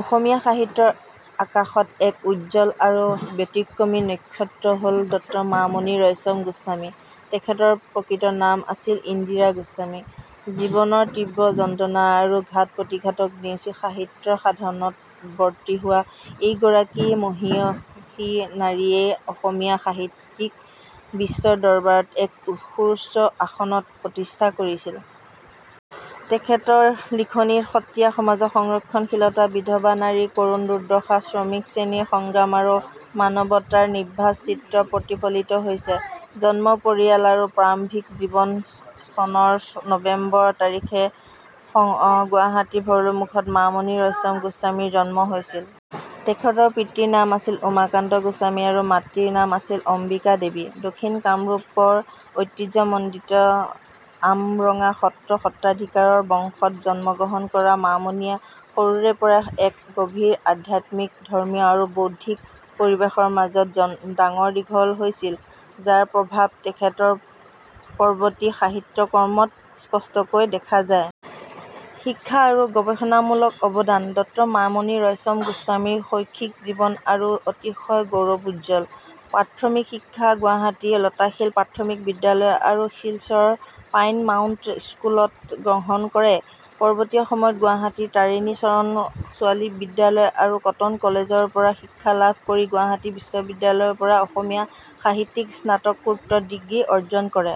অসমীয়া সাহিত্যৰ আকাশত এক উজ্জ্বল আৰু ব্যতিক্ৰমী নক্ষত্ৰ হ'ল ড মামণি ৰয়চম গোস্বামী। তেখেতৰ প্ৰকৃত নাম আছিল ইন্দিৰা গোস্বামী। জীৱনৰ তীব্ৰ যন্ত্ৰণা আৰু ঘাট-প্ৰতিঘাতক নেওচি সাহিত্য সাধনাত ব্ৰতী হোৱা এইগৰাকী মহিয়সী নাৰীয়ে অসমীয়া সাহিত্যক বিশ্বৰ দৰবাৰত এক সুউচ্চ আসনত প্ৰতিষ্ঠা কৰিছিল। তেখেতৰ লিখনিত সত্ৰীয়া সমাজৰ সংৰক্ষণশীলতা, বিধৱা নাৰীৰ কৰুণ দুৰ্দশা, শ্ৰমিক শ্ৰেণীৰ সংগ্ৰাম আৰু মানৱতাবাদৰ নিভাঁজ চিত্ৰ প্ৰতিফলিত হৈছে। জন্ম, পৰিয়াল আৰু প্ৰাৰম্ভিক জীৱন: চনৰ নৱেম্বৰ তাৰিখে গুৱাহাটীৰ ভৰলুমুখত মামণি ৰয়চম গোস্বামীৰ জন্ম হৈছিল। তেখেতৰ পিতৃৰ নাম আছিল উমাকান্ত গোস্বামী আৰু মাতৃৰ নাম আছিল অম্বিকা দেৱী। দক্ষিণ কামৰূপৰ ঐতিহ্যমণ্ডিত আমৰঙা সত্ৰৰ সত্ৰাধিকাৰৰ বংশত জন্মগ্ৰহণ কৰা মামণিয়ে সৰুৰে পৰাই এক গভীৰ আধ্যাত্মিক, ধৰ্মীয় আৰু বৌদ্ধিক পৰিৱেশৰ মাজত ডাঙৰ-দীঘল হৈছিল, যাৰ প্ৰভাৱ তেখেতৰ পৰৱৰ্তী সাহিত্যকৰ্মত স্পষ্টকৈ দেখা যায়। শিক্ষা আৰু গৱেষণামূলক অৱদান: ড মামণি ৰয়চম গোস্বামীৰ শৈক্ষিক জীৱন আছিল অতিশয় গৌৰৱোজ্জ্বল: প্ৰাথমিক শিক্ষা গুৱাহাটীৰ লতাশিল প্ৰাথমিক বিদ্যালয় আৰু শ্বিলঙৰ পাইন মাউণ্ট স্কুলত গ্ৰহণ কৰে। পৰৱৰ্তী সময়ত গুৱাহাটীৰ তাৰিণী চৰণ ছোৱালী বিদ্যালয় আৰু কটন কলেজৰ পৰা শিক্ষা লাভ কৰি গুৱাহাটী বিশ্ববিদ্যালয়ৰ পৰা অসমীয়া সাহিত্যত স্নাতকোত্তৰ ডিগ্ৰী অৰ্জন কৰে।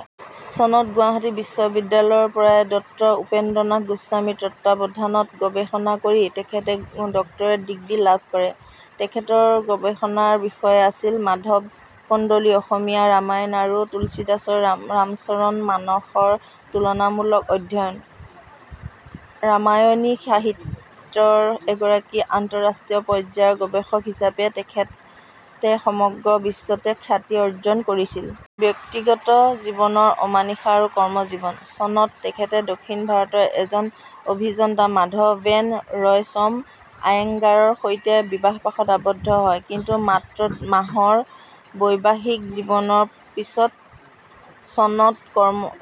চনত গুৱাহাটী বিশ্ববিদ্যালয়ৰ পৰাই ড উপেন্দ্ৰনাথ গোস্বামীৰ তত্ত্বাৱধানত গৱেষণা কৰি তেখেতে ডক্টৰেট ডিগ্ৰী লাভ কৰে। তেখেতৰ গৱেষণাৰ বিষয় আছিল— 'মাধৱ কন্দলীৰ অসমীয়া ৰামায়ণ আৰু তুলসীদাসৰ ৰামচৰিত মানসৰ তুলনামূলক অধ্যয়ন'। ৰামায়ণী সাহিত্যৰ এগৰাকী আন্তঃৰাষ্ট্ৰীয় পৰ্যায়ৰ গৱেষক হিচাপে তেখেতে সমগ্ৰ বিশ্বতে খ্যাতি অৰ্জন কৰিছিল। ব্যক্তিগত জীৱনৰ অমানিশা আৰু কৰ্মজীৱন: চনত তেখেতে দক্ষিণ ভাৰতৰ এজন অভিযন্তা মাধৱেন ৰয়চম আয়েংগাৰৰ সৈতে বিবাহপাশত আৱদ্ধ হয়। কিন্তু মাত্ৰ মাহৰ বৈবাহিক জীৱনৰ পিছত চনত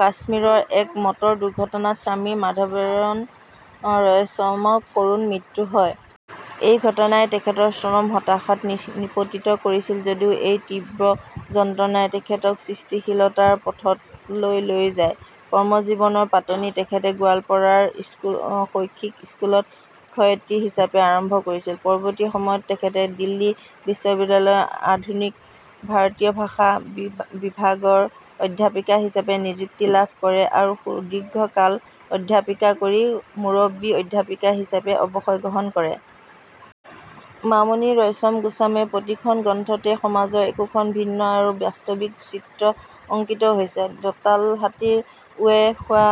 কাশ্মীৰত এক মটৰ দুৰ্ঘটনাত স্বামী মাধৱেন ৰয়চমৰ কৰুণ মৃত্যু হয়। এই ঘটনাই তেখেতক চৰম হতাশাত নিপতিত কৰিছিল যদিও, এই তীব্ৰ যন্ত্ৰণায়েই তেখেতক সৃষ্টিশীলতাৰ পথলৈ লৈ যায়। কৰ্মজীৱনৰ পাতনি তেখেতে গোৱালপাৰাৰ সৈনিক স্কুলত শিক্ষয়িত্ৰী হিচাপে আৰম্ভ কৰিছিল। পৰৱৰ্তী সময়ত তেখেতে দিল্লী বিশ্ববিদ্যালয়ৰ আধুনিক ভাৰতীয় ভাষা বিভাগত অধ্যাপিকা হিচাপে নিযুক্তি লাভ কৰে আৰু সুদীৰ্ঘ কাল অধ্যাপনা কৰি মুৰব্বী অধ্যাপিকা হিচাপে অৱসৰ গ্ৰহণ কৰে। মামণি ৰয়চম গোস্বামীৰ প্ৰতিখন গ্ৰন্থতেই সমাজৰ একোখন ভিন্ন আৰু বাস্তৱিক চিত্ৰ অংকিত হৈছে: 'দঁতাল হাতীৰ উঁয়ে খোৱা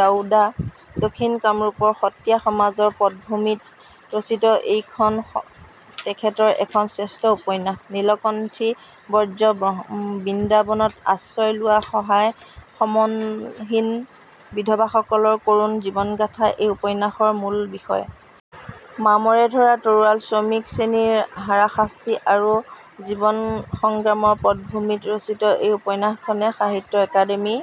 হাওদা': দক্ষিণ কামৰূপৰ সত্ৰীয়া সমাজৰ পটভূমিত ৰচিত এইখন তেখেতৰ এখন শ্ৰেষ্ঠ উপন্যাস। 'নীলকণ্ঠী ব্ৰজ': বৃন্দাবনত আশ্ৰয় লোৱা সহায়-সম্বলহীন বিধৱাসকলৰ কৰুণ জীৱনগাথা এই উপন্যাসৰ মূল বিষয়। 'মামৰে ধৰা তৰোৱাল': শ্ৰমিক শ্ৰেণীৰ হাৰাশাস্তি আৰু জীৱন সংগ্ৰামৰ পটভূমিত ৰচিত এই উপন্যাসখনে সাহিত্য অকাডেমি